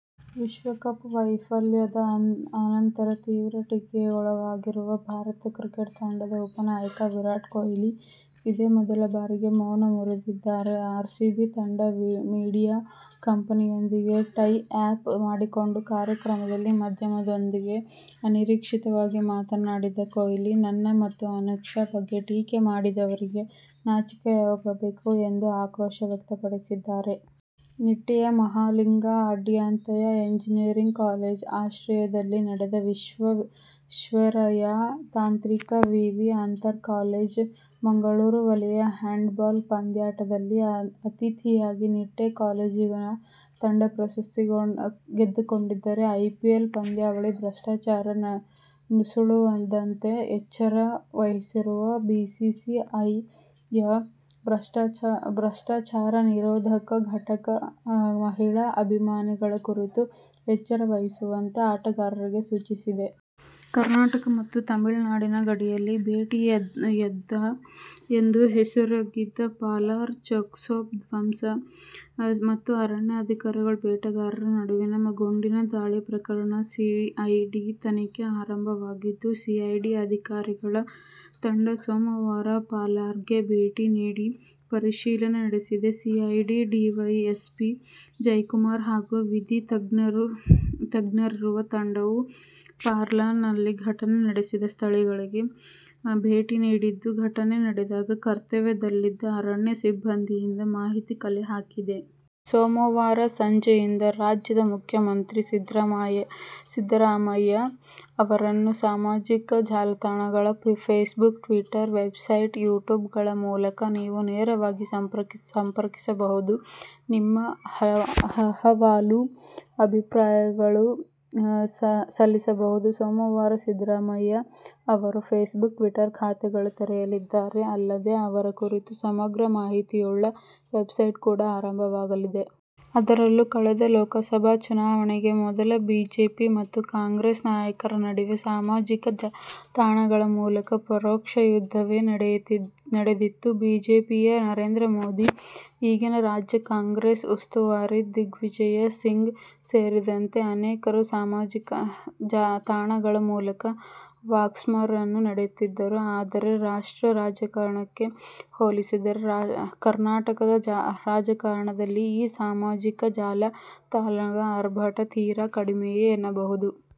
ವಿಶ್ವಕಪ್ ವೈಫಲ್ಯದ ಅನಂತರ ತೀವ್ರ ಟೀಕೆಗೊಳಗಾಗಿರುವ ಭಾರತ ಕ್ರಿಕೆಟ್ ತಂಡದ ಉಪನಾಯಕ ವಿರಾಟ್ ಕೊಹ್ಲಿ ಇದೇ ಮೊದಲ ಬಾರಿಗೆ ಮೌನ ಮುರಿದಿದ್ದಾರೆ. ಆರ್ಸಿಬಿ ತಂಡ ಮೀಡಿಯಾ ಕಂಪನಿಯೊಂದಿಗೆ ಟೈ ಅಪ್ ಮಾಡಿಕೊಂಡ ಕಾರ್ಯಕ್ರಮದಲ್ಲಿ ಮಾಧ್ಯಮದವರೊಂದಿಗೆ ಅನಿರೀಕ್ಷಿತವಾಗಿ ಮಾತನಾಡಿದ ಕೊಹ್ಲಿ, ನನ್ನ ಮತ್ತು ಅನುಷ್ಕಾ ಬಗ್ಗೆ ಟೀಕೆ ಮಾಡಿದವರಿಗೆ ನಾಚಿಕೆಯಾಗಬೇಕು ಎಂದು ಆಕ್ರೋಶ ವ್ಯಕ್ತಪಡಿಸಿದ್ದಾರೆ. ನಿಟ್ಟೆಯ ಮಹಾಲಿಂಗ ಅಡ್ಯಂತಾಯ ಎಂಜಿನಿಯರಿಂಗ್ ಕಾಲೇಜಿನ ಆಶ್ರಯದಲ್ಲಿ ನಡೆದ ವಿಶ್ವೇಶ್ವರಯ್ಯ ತಾಂತ್ರಿಕ ವಿವಿ ಅಂತರ್ ಕಾಲೇಜು ಮಂಗಳೂರು ವಲಯ ಹ್ಯಾಂಡ್ ಬಾಲ್ ಪಂದ್ಯಾಟದಲ್ಲಿ ಅತಿಥೇಯ ನಿಟ್ಟೆ ಕಾಲೇಜಿನ ತಂಡ ಪ್ರಶಸ್ತಿ ಗೆದ್ದುಕೊಂಡಿದೆ. ಐಪಿಎಲ್ ಪಂದ್ಯಾವಳಿಯಲ್ಲಿ "ಭ್ರಷ್ಟಾಚಾರ' ನುಸುಳದಂತೆ ಎಚ್ಚರ ವಹಿಸಿರುವ ಬಿಸಿಸಿಐಯ ಭ್ರಷ್ಟಾಚಾರನಿರೋಧಕ ಘಟಕ ಮಹಿಳಾ ಅಭಿಮಾನಿಗಳ ಕುರಿತು ಎಚ್ಚರ ವಹಿಸುವಂತೆ ಆಟಗಾರರಿಗೆ ಸೂಚಿಸಿದೆ. ಕರ್ನಾಟಕ ಮತ್ತು ತಮಿಳುನಾಡಿನ ಗಡಿಯಲ್ಲಿ ಬೇಟೆಯುದ್ದ ಎಂದು ಹೆಸರಾಗಿದ್ದ ಪಾಲಾರ್ ಚೆಕ್ಪೋಸ್ಟ್ ಧ್ವಂಸ ಮತ್ತು ಅರಣ್ಯಾಧಿಕಾರಿಗಳು, ಬೇಟೆಗಾರರ ನಡುವಿನ ಗುಂಡಿನ ದಾಳಿ ಪ್ರಕರಣದ ಸಿಐಡಿ ತನಿಖೆ ಆರಂಭವಾಗಿದ್ದು, ಸಿಐಡಿ ಅಧಿಕಾರಿಗಳ ತಂಡ ಸೋಮವಾರ ಪಾಲಾರ್ಗೆ ಭೇಟಿ ನೀಡಿ ಪರಿಶೀಲನೆ ನಡೆಸಿದೆ. ಸಿಐಡಿ ಡಿವೈಎಸ್ಪಿ ಜಯಕುಮಾರ್ ಹಾಗೂ ವಿಧಿ ತಜ್ಞರಿರುವ ತಂಡವು ಪಾಲಾರ್ನಲ್ಲಿ ಘಟನೆ ನಡೆದ ಸ್ಥಳಗಳಿಗೆ ಭೇಟಿ ನೀಡಿದ್ದು, ಘಟನೆ ನಡೆದಾಗ ಕರ್ತವ್ಯದಲ್ಲಿದ್ದ ಅರಣ್ಯ ಸಿಬ್ಬಂದಿಯಿಂದ ಮಾಹಿತಿ ಕಲೆ ಹಾಕಿದೆ. ಸೋಮವಾರ ಸಂಜೆಯಿಂದ ರಾಜ್ಯದ ಮುಖ್ಯಮಂತ್ರಿ ಸಿದ್ದರಾಮಯ್ಯ ಅವರನ್ನು ಸಾಮಾಜಿಕ ಜಾಲತಾಣಗಳಾದ ಫೇಸ್ಬುಕ್, ಟ್ವೀಟರ್, ವೆಬ್ಸೈಟ್, ಯುಟ್ಯೂಬ್ಗಳ ಮೂಲಕ ನೀವು ನೇರವಾಗಿ ಸಂಪರ್ಕಿಸಬಹುದು. ನಿಮ್ಮ ಅಹವಾಲು, ಅಭಿಪ್ರಾಯಗಳನ್ನೂ ಸಲ್ಲಿಸಬಹುದು. ಸೋಮವಾರ ಸಿದ್ದರಾಮಯ್ಯ ಅವರು ಫೇಸ್ಬುಕ್, ಟ್ವೀಟರ್ ಖಾತೆಗಳನ್ನು ತೆರೆಯಲಿದ್ದಾರೆ. ಅಲ್ಲದೆ, ಅವರ ಕುರಿತ ಸಮಗ್ರ ಮಾಹಿತಿಯುಳ್ಳ ವೆಬ್ಸೈಟ್ ಕೂಡ ಆರಂಭವಾಗಲಿದೆ. ಅದರಲ್ಲೂ ಕಳೆದ ಲೋಕಸಭಾ ಚುನಾವಣೆಗೆ ಮೊದಲು ಬಿಜೆಪಿ ಮತ್ತು ಕಾಂಗ್ರೆಸ್ ನಾಯಕರ ನಡುವೆ ಸಾಮಾಜಿಕ ತಾಣಗಳ ಮೂಲಕ ಪರೋಕ್ಷ ಯುದ್ಧವೇ ನಡೆದಿತ್ತು. ಬಿಜೆಪಿಯ ನರೇಂದ್ರ ಮೋದಿ, ಈಗಿನ ರಾಜ್ಯ ಕಾಂಗ್ರೆಸ್ ಉಸ್ತುವಾರಿ ದಿಗ್ವಿಜಯ್ ಸಿಂಗ್ ಸೇರಿದಂತೆ ಅನೇಕರು ಸಾಮಾಜಿಕ ತಾಣಗಳ ಮೂಲಕ ವಾಕ್ಸಮರವನ್ನೇ ನಡೆಸಿದ್ದರು. ಆದರೆ, ರಾಷ್ಟ್ರ ರಾಜಕಾರಣಕ್ಕೆ ಹೋಲಿಸಿದರೆ ಕರ್ನಾಟಕದ ರಾಜಕಾರಣದಲ್ಲಿ ಈ ಸಾಮಾಜಿಕ ಜಾಲ ತಾಣಗಳ ಆರ್ಭಟ ತೀರಾ ಕಡಿಮೆಯೇ ಎನ್ನಬಹುದು.